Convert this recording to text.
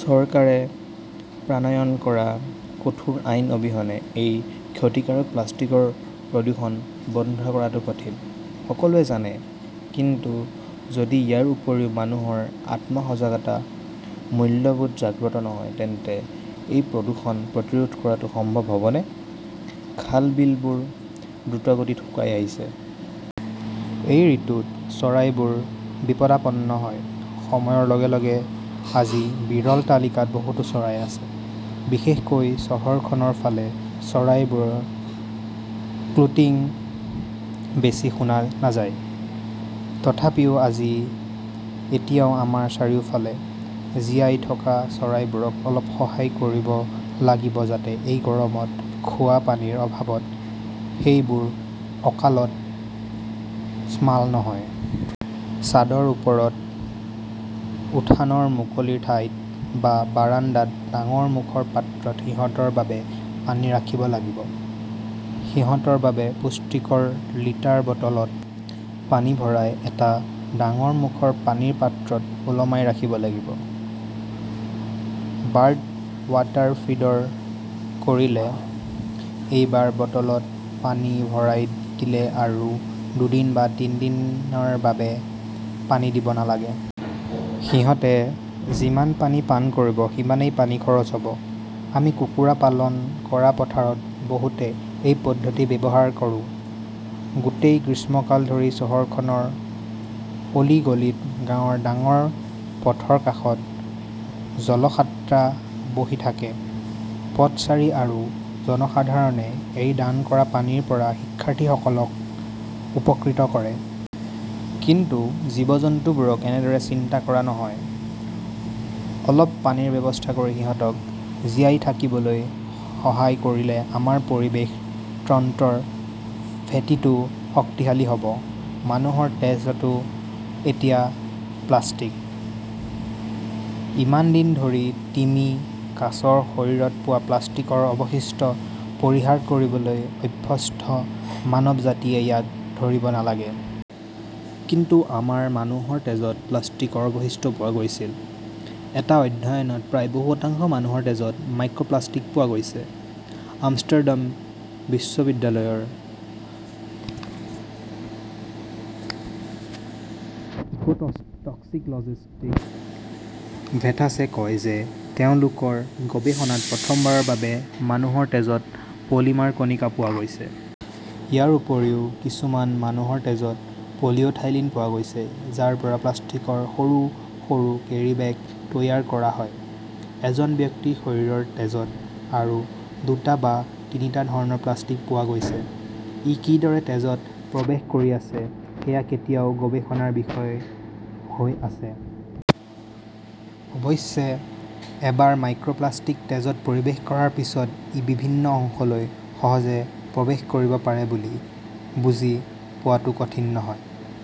চৰকাৰে প্ৰণয়ন কৰা কঠোৰ আইন অবিহনে এই ক্ষতিকাৰক প্লাষ্টিকৰ প্ৰদূষণ বন্ধ কৰাটো কঠিন, সকলোৱে জানে। কিন্তু যদি ইয়াৰ উপৰিও মানুহৰ আত্ম-সজাগতা, মূল্যবোধ জাগ্ৰত নহয়, তেন্তে এই প্ৰদূষণ প্ৰতিৰোধ কৰাটো সম্ভৱ হ'বনে? খাল, বিলবোৰ দ্ৰুতগতিত শুকাই গৈ আছে। এই ঋতুত চৰাইবোৰ বিপদাপন্ন হয়। সময়ৰ লগে লগে আজি বিৰল তালিকাত বহুতো চৰাই আছে। বিশেষকৈ চহৰখনৰ ফালে চৰাইবোৰৰ কোল্টিং বেছি শুনা নাযায়। তথাপিও আমি এতিয়াও আমাৰ চাৰিওফালে জীয়াই থকা চৰাইবোৰক অলপ সহায় কৰিব লাগিব যাতে এই গৰমত খোৱা পানীৰ অভাৱত সেইবোৰ অকালত ম্লান নহয়। ছাদৰ ওপৰত, উঠোনৰ মুকলি ঠাইত বা বাৰাণ্ডাত ডাঙৰ মুখৰ পাত্ৰত সিহঁতৰ বাবে পানী ৰাখিব লাগিব। সিহঁতৰ বাবে প্লাষ্টিকৰ লিটাৰ বটলত পানী ভৰাই এটা ডাঙৰ মুখৰ পানীৰ পাত্ৰত ওলমাই ৰাখিব লাগিব। বাৰ্ড ৱাটাৰ ফিডাৰ কৰিলে এবাৰ বটলত পানী ভৰাই দিলে আৰু দুদিন বা তিনি দিনৰ বাবে পানী দিব নালাগে। সিহঁতে যিমান পানী পান কৰিব সিমানেই পানী খৰচ হ'ব। আমি কুকুৰা পালন কৰা পথাৰত বহুতে এই পদ্ধতি ব্যৱহাৰ কৰো। গোটেই গ্ৰীষ্মকাল ধৰি চহৰখনৰ অলি গলিত, গাঁৱৰ ডাঙৰ পথৰ কাষত জলসাট্ৰা বহি থাকে। পথচাৰী আৰু জনসাধাৰণে সেই দান কৰা পানীৰ পৰা শিক্ষাৰ্থীসকলক উপকৃত কৰে। কিন্তু জীৱ-জন্তুবোৰক এনেদৰে চিন্তা কৰা নহয়। অলপ পানীৰ ব্যৱস্থা কৰি সিহঁতক জীয়াই থাকিবলৈ সহায় কৰিলে আমাৰ পৰিৱেশ তন্ত্ৰৰ ভেটিটো শক্তিশালী হ'ব। মানুহৰ তেজতো এতিয়া প্লাষ্টিক। ইমান দিন ধৰি তিমি, কাছৰ শৰীৰত পোৱা প্লাষ্টিকৰ অৱশিষ্ট পৰিহাৰ কৰিবলৈ অভ্যস্ত মানৱজাতিয়ে ইয়াক ধৰিব নালাগে। কিন্তু এইবাৰ মানুহৰ তেজত প্লাষ্টিকৰ অৱশিষ্ট পোৱা গৈছিল। এটা অধ্যয়নত প্ৰায় বহু‌ শতাংশ মানুহৰ তেজত মাইক্ৰপ্লাষ্টিক পোৱা গৈছে। আমষ্টাৰডাম বিশ্ববিদ্যালয়ৰ ইকোটক্সিক'লজিষ্ট ডিক ভেথাচে কয় যে তেওঁলোকৰ গৱেষণাত প্ৰথমবাৰৰ বাবে মানুহৰ তেজত পলিমাৰ কণিকা পোৱা গৈছে। ইয়াৰ উপৰিও কিছুমান মানুহৰ তেজত পলিইথাইলিন পোৱা গৈছে, যাৰ পৰা প্লাষ্টিকৰ সৰু সৰু কেৰী বেগ তৈয়াৰ কৰা হয়। এজন ব্যক্তিৰ শৰীৰৰ তেজত আৰু দুটা বা তিনিটা ধৰণৰ প্লাষ্টিক পোৱা গৈছে। ই কেনেদৰে তেজত প্ৰৱেশ কৰি আছে সেয়া এতিয়াও গৱেষণাৰ বিষয় হৈ আছে। অৱশ্যে, এবাৰ মাইক্ৰপ্লাষ্টিক তেজত প্ৰৱেশ কৰাৰ পিছত, ই বিভিন্ন অংগলৈ সহজে প্ৰৱেশ কৰিব পাৰে বুলি বুজি পোৱাটো কঠিন নহয়।